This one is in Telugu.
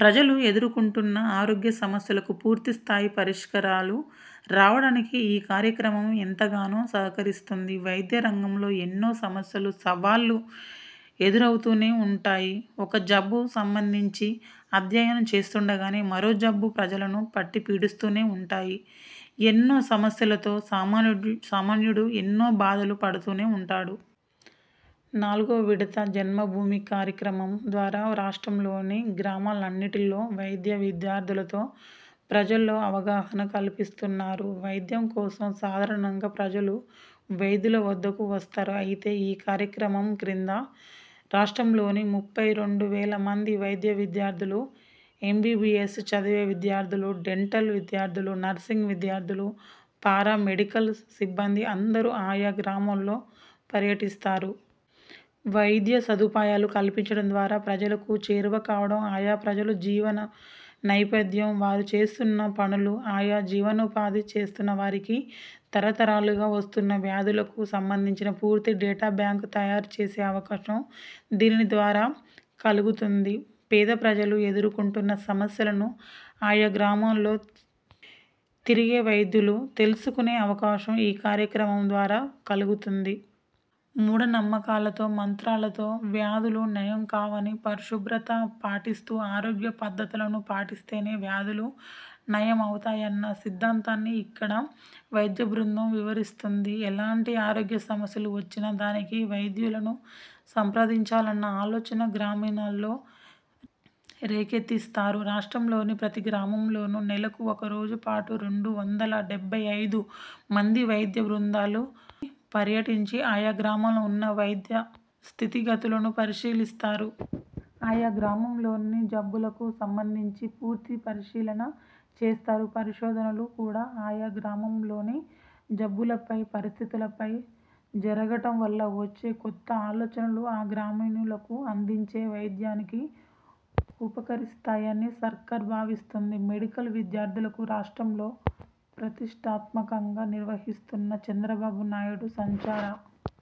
ప్రజలు ఎదుర్కొంటున్న ఆరోగ్య సమస్యలకు పూర్తి స్థాయి పరిష్కారాలు రావడానికి ఈ కార్యక్రమం ఎంతగానో సహకరిస్తుంది. వైద్య రంగంలో ఎన్నో సమస్యలు, సవాళ్లూ ఎదురవుతూనే ఉంటాయి. ఒక జబ్బుకు సంబంధించి అధ్యయనం చేస్తుండగానే మరో జబ్బు ప్రజలను పట్టిపీడిస్తూనే ఉంటాయి. ఎన్నో సమస్యలతో సామాన్యుడు సామాన్యుడు ఎన్నో బాధలు పడుతూనే ఉన్నాడు. నాల్గో విడత జన్మభూమి కార్యక్రమం ద్వారా రాష్ట్రంలోని గ్రామాలన్నింటిలో వైద్య విద్యార్థులతో ప్రజల్లో అవగాహన కల్పిస్తున్నారు. వైద్యం కోసం సాధారణంగా ప్రజలు వైద్యుల వద్దకు వస్తారు. అయితే ఈ కార్యక్రమం కింద రాష్ట్రంలోని ముప్పై రెండు వేల మంది వైద్య విద్యార్థులు, ఎంబీబీఎస్ చదివే విద్యార్థులు, డెంటల్ విద్యార్థులు, నర్సింగ్ విద్యార్థులు, పారా మెడికల్ సిబ్బంది అందరూ ఆయా గ్రామాల్లో పర్యటిస్తారు. వైద్య సదుపాయాలు కల్పించడం ద్వారా ప్రజలకు చేరువకావడం, ఆయా ప్రజలు జీవన నేపథ్యం, వారు చేస్తున్న పనులు, ఆయా జీవనోపాధి చేస్తున్నవారికి తరతరాలుగా వస్తున్న వ్యాధులకు సంబంధించిన పూర్తి డేటా బ్యాంక్ తయారు చేసే అవకాశం దీని ద్వారా కలుగుతుంది. పేద ప్రజలు ఎదుర్కొంటున్న సమస్యలను ఆయా గ్రామాల్లో తిరిగే వైద్యులు తెలుసుకునే అవకాశం ఈ కార్యక్రమం ద్వారా కలుగుతుంది. మూఢ నమ్మకాలతో, మంత్రాలతో వ్యాధులు నయం కావని, పరిశుభ్రత పాటిస్తూ, ఆరోగ్య పద్ధతులను పాటిస్తేనే వ్యాధులు నయం అవుతాయన్న సిద్ధాంతాన్ని ఇక్కడ వైద్య బృందం వివరిస్తుంది. ఎలాంటి ఆరోగ్య సమస్య వచ్చినా దానికి వైద్యులను సంప్రదించాలన్న ఆలోచన గ్రామీణుల్లో రేకెత్తిస్తారు. రాష్ట్రంలోని ప్రతి గ్రామంలోనూ నెలకు ఒక రోజు పాటు రెండు వందల డెబ్బై ఐదు మంది వైద్య బృందాలు పర్యటించి ఆయా గ్రామాల్లో ఉన్న వైద్య స్థితిగతులను పరిశీలిస్తారు. ఆయా గ్రామాల్లోని జబ్బులకు సంబంధించి పూర్తి పరిశీలన చేస్తారు. పరిశోధనలు కూడా ఆయా గ్రామాల్లోని జబ్బులపై పరిస్థితులపై జరగడం వల్ల వచ్చే కొత్త ఆలోచనలు ఆ గ్రామీణులకు అందించే వైద్యానికి ఉపకరిస్తాయని సర్కారు భావిస్తోంది. మెడికల్ విద్యార్థులకు రాష్ట్రంలో ప్రతిష్టాత్మకంగా నిర్వహిస్తున్న చంద్రబాబు నాయుడు సంచార